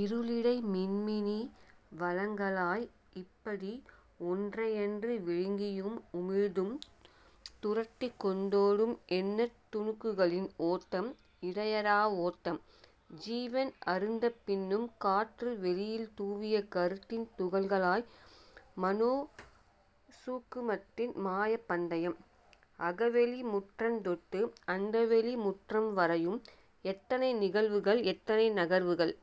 இருளிடை மின்மினி வலங்களாய், இப்படி ஒன்றையன்று விழுங்கியும் உமிழ்ந்தும் துரத்திக் கொண்டோடும் எண்ணத் துணுக்குகளின் ஓட்டம் இடையறா ஓட்டம். ஜீவன் அறுந்தபின்னும் காற்று வெளியில் தூவிய கருத்தின் துகள்களாய் மனோசூக்குமத்தின் மாயப் பந்தயம். அகவெளி முற்றந் தொட்டு அண்டவெளி முற்றம் வரையும் எத்தனை நிகழ்வுகள்! எத்தனை நகர்வுகள்!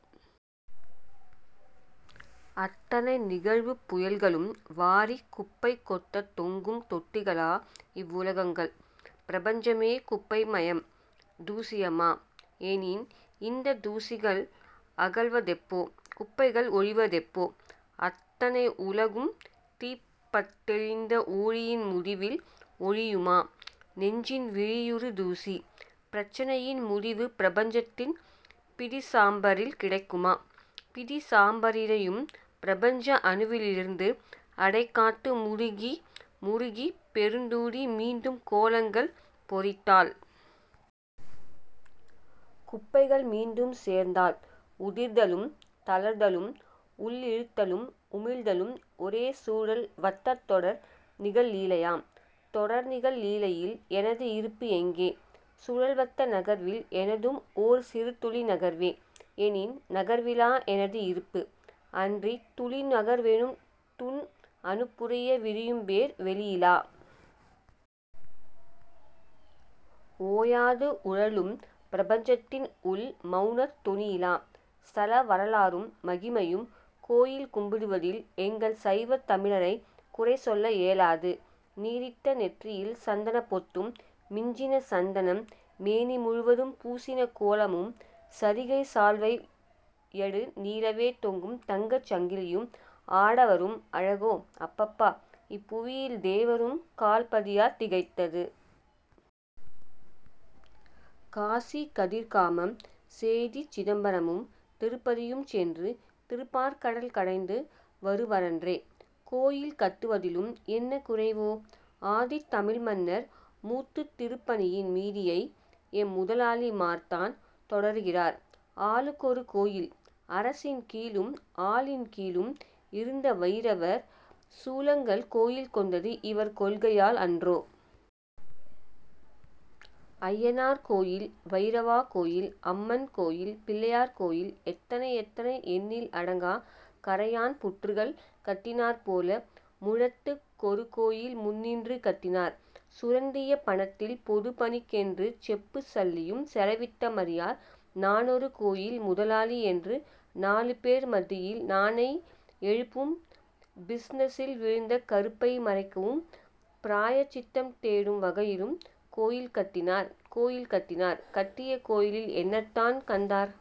அத்தனை நிகழ்வுப் புயல்களும் வாரிக் குப்பை கொட்ட தொங்கும் தொட்டிகளா இவ்வுலகங்கள்? பிரபஞ்சமே குப்பைமயம் தூசிமயமா? எனின் இந்தத் தூசிகள் அகல்வதெப்போ? குப்பைகள் ஒழிவதெப்போ? அத்தனை உலகும் தீப்பட்டழிந்த ஊழியின் முடிவில் ஒழியுமா நெஞ்சின் விழியுறு தூசி? பிரச்சனையின் முடிவு பிரபஞ்சத்தின் பிடிசாம்பரில் கிடைக்குமா? பிடிசாம்பரிடையும் பிரபஞ்ச அணுவிலிருந்து அடைகாத்து முடுகி முறுகி பெருத்தூதி மீண்டும் கோளங்கள் பொரித்தால்....? குப்பைகள் மீண்டும் சேர்ந்தால்....? உதிர்தலும் தளிர்தலும் உள்ளிழுத்தலும் உமிழ்தலும் ஒரே சுழல் வட்டத் தொடர் நிகழ்லீலையாம். தொடர்நிகழ் லீலையில் எனது இருப்பு எங்கே? சுழல்வட்ட நகர்வில் எனதும் ஓர் சிறுத்துளி நகர்வே. எனின் நகர்விலா எனது இருப்பு? அன்றி துளி நகர்வெனும் துண் அணுப்புரைய விரியும் பேர் வெளியிலா? ஓயாது உழலும் பிரபஞ்சத்தின் உள் மௌனத் தொனியிலா? ஸ்தல வரலாறும் மகிமையும் கோயில் கும்பிடுவதில் எங்கள் சைவத் தமிழரை குறை சொல்ல ஏலாது நீறிட்ட நெற்றியில் சந்தனப் பொட்டும், மிஞ்சின சந்தனம் மேனிமுழுவதும் பூசின கோலமும் சரிகைச் சால்வை யடு நீளவே தொங்கும் தங்கச் சங்கிலியும் ஆடவரும் அழகோ அப்பப்பா இப்புவியில் தேவரும் கால் பதியார் திகைத்து. காசி கதிர்காமம் சேதிசிதம்பரமும் திருப்பதியும் சென்று திருப்பாற் கடல் கடைந்து வரு வரன்றே. கோயில் கட்டுவதிலும் என்ன குறைவோ? ஆதித் தமிழ் மன்னர் மூட்டுதிருப் பணியின் மீதியை எம்முதலாளி மார்தான் தொடருகிறார் ஆளுக்கொரு கோயில்! அரசின் கீழும் ஆலின் கீழும் இருந்த வயிரவர் சூலங்கள் கோயில் கொண்டது இவர் கொள்கையால் அன்றோ. அய்யனார் கோயில் வயிரவா கோயில் அம்மன் கோயில் பிள்ளையார் கோயில் எத்தனை எத்தனை எண்ணில் அடங்கா கறையான் புற்றுகள் கட்டினாற்போல முழத்துக் கொருகோயில் முன்னின்று கட்டினார். சுரண்டிய பணத்தில் பொதுப் பணிக்கென்று செப்புச் சல்லியும் செலவிட்டறியார் நானொரு கோயில் முதலாளி என்று நாலு பேர் மத்தியில் 'நானை' எழுப்பும் பிஸினெஸில் விழுந்த கறுப்பை மறைக்கவும் பிராயச் சித்தம் தேடும் வகையிலும் கோயில் கட்டினார் கோயில் கட்டினார் கட்டிய கோயிலில் என்னதான் கண்டார்?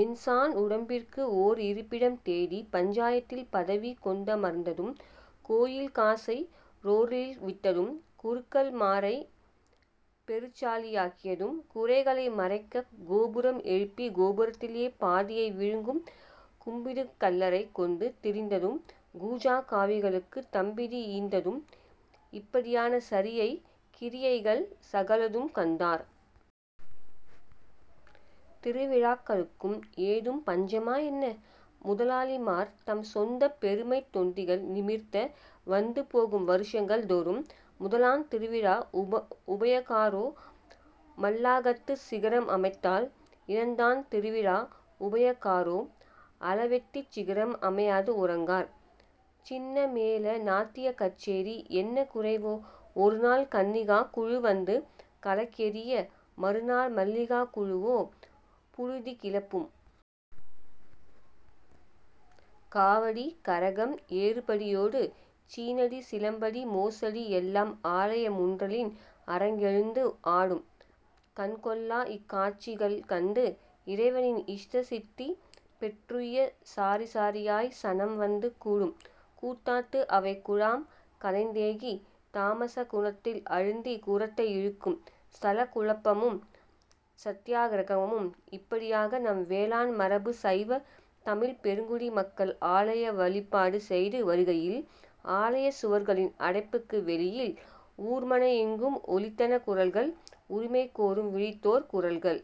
எண் சாண் உடம்பிற்கு ஒர் இருப்பிடம் தேடி பஞ்சாயத்தில் பதவி கொண்டமர்ந்ததும். கோயில் காசை றோளில் விட்டதும் குருக்கள் மாரை பெருச்சாளியாக்கியதும் குறைகளை மறைக்கக் கோபுரம் எழுப்பி கோபுரத்திலே பாதியை விழுங்கும் கும்பிடுகள்ளரைக் கொண்டு திரிந்ததும் கூஜா காவிகளுக்குத் 'தம்பிடி' ஈந்ததும்- இப்படியான சரியை கிரியைகள் சகலதும் கண்டார். திருவிழாக்களுக்கும் ஏதும் பஞ்சமா என்ன? முதலாளிமார் தம் சொந்தப் பெருமைத் தொந்திகள் நிமிர்த்த வந்து போகும் வருஷங்கள் தோறும். முதலாந் திருவிழா உபயகாரரோ மல்லாகத்துச் சிகரம் அமைத்தால் இரண்டாந் திருவிழா உபயகாரரோ அளவெட்டிச் சிகரம் அமையாது உறங்கார். சின்னமேள, நாட்டியக் கச்சேரி என்ன குறைவோ? ஒருநாள் 'கன்னிகா' குழு வந்து கலக்கியெறிய மறுநாள் மல்லிகா குழுவோ புழுதி கிளப்பும். காவடி, கரகம், ஏறுபடி யோடு சீனடி சிலம்படி மோசடி எல்லாம் ஆலய முன்றலின் அரங்கெழுந்து ஆடும். கண்கொள்ளா இக் காட்சிகள் கண்டு இறைவனின் இஷ்ட சித்தி பெற்றுய்ய சாரிசாரியாய் சனம்வந்து கூடும். கூத்தாட்டு அவைக் குழாம் கலைந்தேகி தாமஸ குணத்தில் அழுந்திக் குறட்டை இழுக்கும். ஸ்தலக் குழப்பமும் சத்தியாக்கிரகமும் இப்படியாக நம் வேளாண் மரபுச் சைவத் தமிழ்ப் பெருங்குடி மக்கள் ஆலய வழிபாடு செய்து வருகையில் ஆலயச் சுவர்களின் அடைப்புக்கு வெளியில் ஊர்மனையெங்கும் ஒலித்தன குரல்கள் உரிமை கோரும் விழித்தோர் குரல்கள்!